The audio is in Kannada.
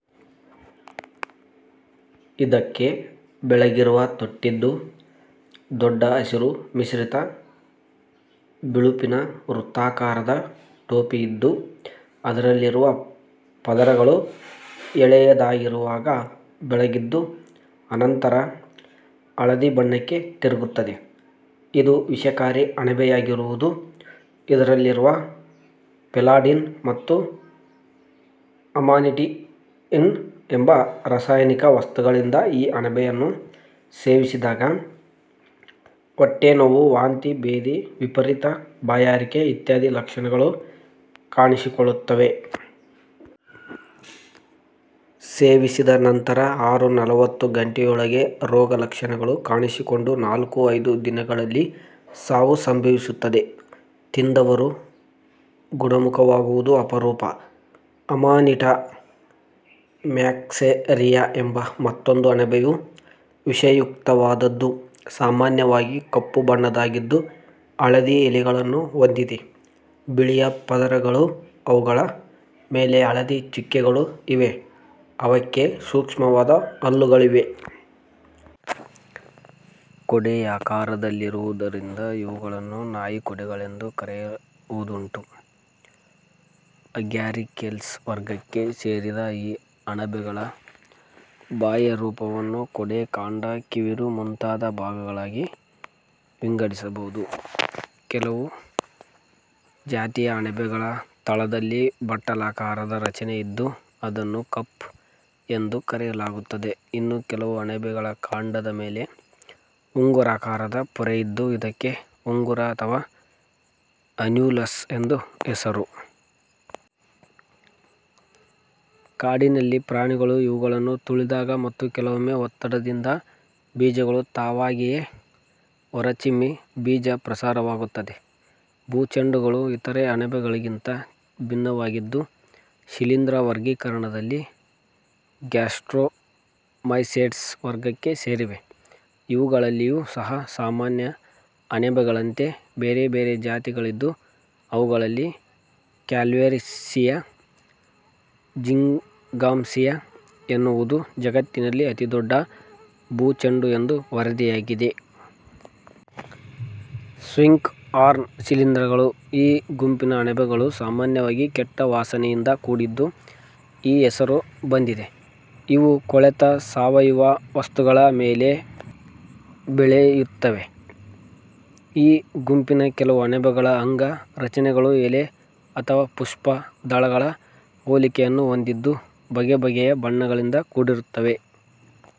ಇದಕ್ಕೆ ಬೆಳ್ಳಗಿರುವ ತೊಟ್ಟಿದ್ದು, ದೊಡ್ಡ ಹಸಿರು ಮಿಶ್ರಿತ ಬಿಳುಪಿನ ವೃತ್ತಾಕಾರದ ಟೋಪಿಯಿದ್ದು ಅದರಲ್ಲಿರುವ ಪದರಗಳು ಎಳೆಯದಾಗಿರುವಾಗ ಬೆಳ್ಳಗಿದ್ದು ಅನಂತರ ಹಳದಿ ಬಣ್ಣಕ್ಕೆ ತಿರುಗುತ್ತದೆ. ಇದು ವಿಷಕಾರಿ ಅಣಬೆಯಾಗಿರುವುದು ಇದರಲ್ಲಿರುವ ಫೆಲ್ಲಾಡಿನ್ ಮತ್ತು ಅಮಾನಿಟೀನ್ ಎಂಬ ರಾಸಾಯನಿಕ ವಸ್ತುಗಳಿಂದ. ಈ ಅಣಬೆಯನ್ನು ಸೇವಿಸಿದಾಗ ಹೊಟ್ಟೆನೋವು, ವಾಂತಿ, ಭೇದಿ, ವಿಪರೀತ ಬಾಯಾರಿಕೆ ಇತ್ಯಾದಿ ಲಕ್ಷಣಗಳು ಕಾಣಿಸಿಕೊಳ್ಳುತ್ತವೆ. ಸೇವಿಸಿದ ಅನಂತರ ಅರು -ನಲವತ್ತು ಗಂಟೆಯೊಳಗೆ ರೋಗಲಕ್ಷಣಗಳು ಕಾಣಿಸಿಕೊಂಡು ನಾಲ್ಕು -ಐದು ದಿನಗಳಲ್ಲಿ ಸಾವು ಸಂಭವಿಸುತ್ತದೆ. ತಿಂದವರು ಗುಣಮುಖವಾಗುವುದು ಅಪರೂಪ. ಅಮಾನಿಟ ಮ್ಯಾಕ್ಸೆರಿಯಾ ಎಂಬ ಮತ್ತೊಂದು ಅಣಬೆಯೂ ವಿಷಯುಕ್ತವಾದದು. ಸಾಮಾನ್ಯವಾಗಿ ಕಪ್ಪು ಬಣ್ಣದ್ದಾಗಿದ್ದು, ಹಳದಿ ಎಲೆಗಳನ್ನು ಹೊಂದಿದೆ. ಬಿಳಿಯ ಪದರಗಳೂ ಅವುಗಳ ಮೇಲೆ ಹಳದಿ ಚುಕ್ಕೆಗಳೂ ಇವೆ; ಅವಕ್ಕೆ ಸೂಕ್ಷ್ಮವಾದ ಹಲ್ಲುಗಳಿವೆ. ಕೊಡೆಯಾಕಾರದಲ್ಲಿರುವುದರಿಂದ ಇವುಗಳನ್ನು ನಾಯಿಕೊಡೆಗಳೆಂದು ಕರೆಯುವುದುಂಟು. ಅಗ್ಯಾರಿಕೇಲ್ಸ್ ವರ್ಗಕ್ಕೆ ಸೇರಿದ ಈ ಅಣಬೆಗಳ ಬಾಹ್ಯರೂಪವನ್ನು ಕೊಡೆ, ಕಾಂಡ, ಕಿವಿರು ಮುಂತಾದ ಭಾಗಗಳಾಗಿ ವಿಂಗಡಿಸಬಹುದು. ಕೆಲವು ಜಾತಿಯ ಅಣಬೆಗಳ ತಳದಲ್ಲಿ ಬಟ್ಟಲಾಕಾರದ ರಚನೆಯಿದ್ದು ಅದನ್ನು ಕಪ್ ಎಂದು ಕರೆಯಲಾಗುತ್ತದೆ. ಇನ್ನು ಕೆಲವು ಅಣಬೆಗಳ ಕಾಂಡದ ಮೇಲೆ ಉಂಗುರಾಕಾರದ ಪೊರೆಯಿದ್ದು ಇದಕ್ಕೆ ಉಂಗುರ ಅಥವಾ ಅನ್ಯುಲಸ್ ಎಂದು ಹೆಸರು. ಕಾಡಿನಲ್ಲಿ ಪ್ರಾಣಿಗಳು ಇವುಗಳನ್ನು ತುಳಿದಾಗ ಮತ್ತು ಕೆಲವೊಮ್ಮೆ ಒತ್ತಡದಿಂದ ಬೀಜಗಳು ತಾವಾಗಿಯೇ ಹೊರಚಿಮ್ಮಿ ಬೀಜ ಪ್ರಸಾರವಾಗುತ್ತದೆ. ಭೂ ಚೆಂಡುಗಳು ಇತರೆ ಅಣಬೆಗಳಿಗಿಂತ ಭಿನ್ನವಾಗಿದ್ದು, ಶಿಲೀಂಧ್ರ ವರ್ಗೀಕರಣದಲ್ಲಿ ಗ್ಯಾಸ್ಟ್ರೊಮೈಸೆಟ್ಸ್ ವರ್ಗಕ್ಕೆ ಸೇರಿವೆ. ಇವುಗಳಲ್ಲಿಯೂ ಸಹ ಸಾಮಾನ್ಯ ಅಣಬೆಗಳಂತೆ ಬೇರೆ ಬೇರೆ ಜಾತಿಗಳಿದ್ದು, ಅವುಗಳಲ್ಲಿ ಕ್ಯಾಲ್ವೇಸಿಯಾ ಜಿಂಗಾಂಸಿಯಾ ಎನ್ನುವುದು ಜಗತ್ತಿನಲ್ಲಿ ಅತಿದೊಡ್ಡ ಭೂಚೆಂಡು ಎಂದು ವರದಿಯಾಗಿದೆ. ಸ್ವಿಂಕ್ ಹಾರ್ನ್ ಶಿಲೀಂಧ್ರಗಳು: ಈ ಗುಂಪಿನ ಅಣಬೆಗಳು ಸಾಮಾನ್ಯವಾಗಿ ಕೆಟ್ಟ ವಾಸನೆಯಿಂದ ಕೂಡಿದ್ದು, ಈ ಹೆಸರು ಬಂದಿದೆ. ಇವು ಕೊಳೆತ ಸಾವಯವ ವಸ್ತುಗಳ ಮೇಲೆ ಬೆಲೆಯುತ್ತವೆ. ಈ ಗುಂಪಿನ ಕೆಲವು ಅಣಬೆಗಳ ಅಂಗ ರಚನೆಗಳು ಎಲೆ ಅಥವಾ ಪುಷ್ಪ ದಳಗಳ ಹೋಲಿಕೆಯನ್ನು ಹೊಂದಿದ್ದು, ಬಗೆ ಬಗೆಯ ಬಣ್ಣಗಳಿಂದ ಕೂಡಿರುತ್ತವೆ.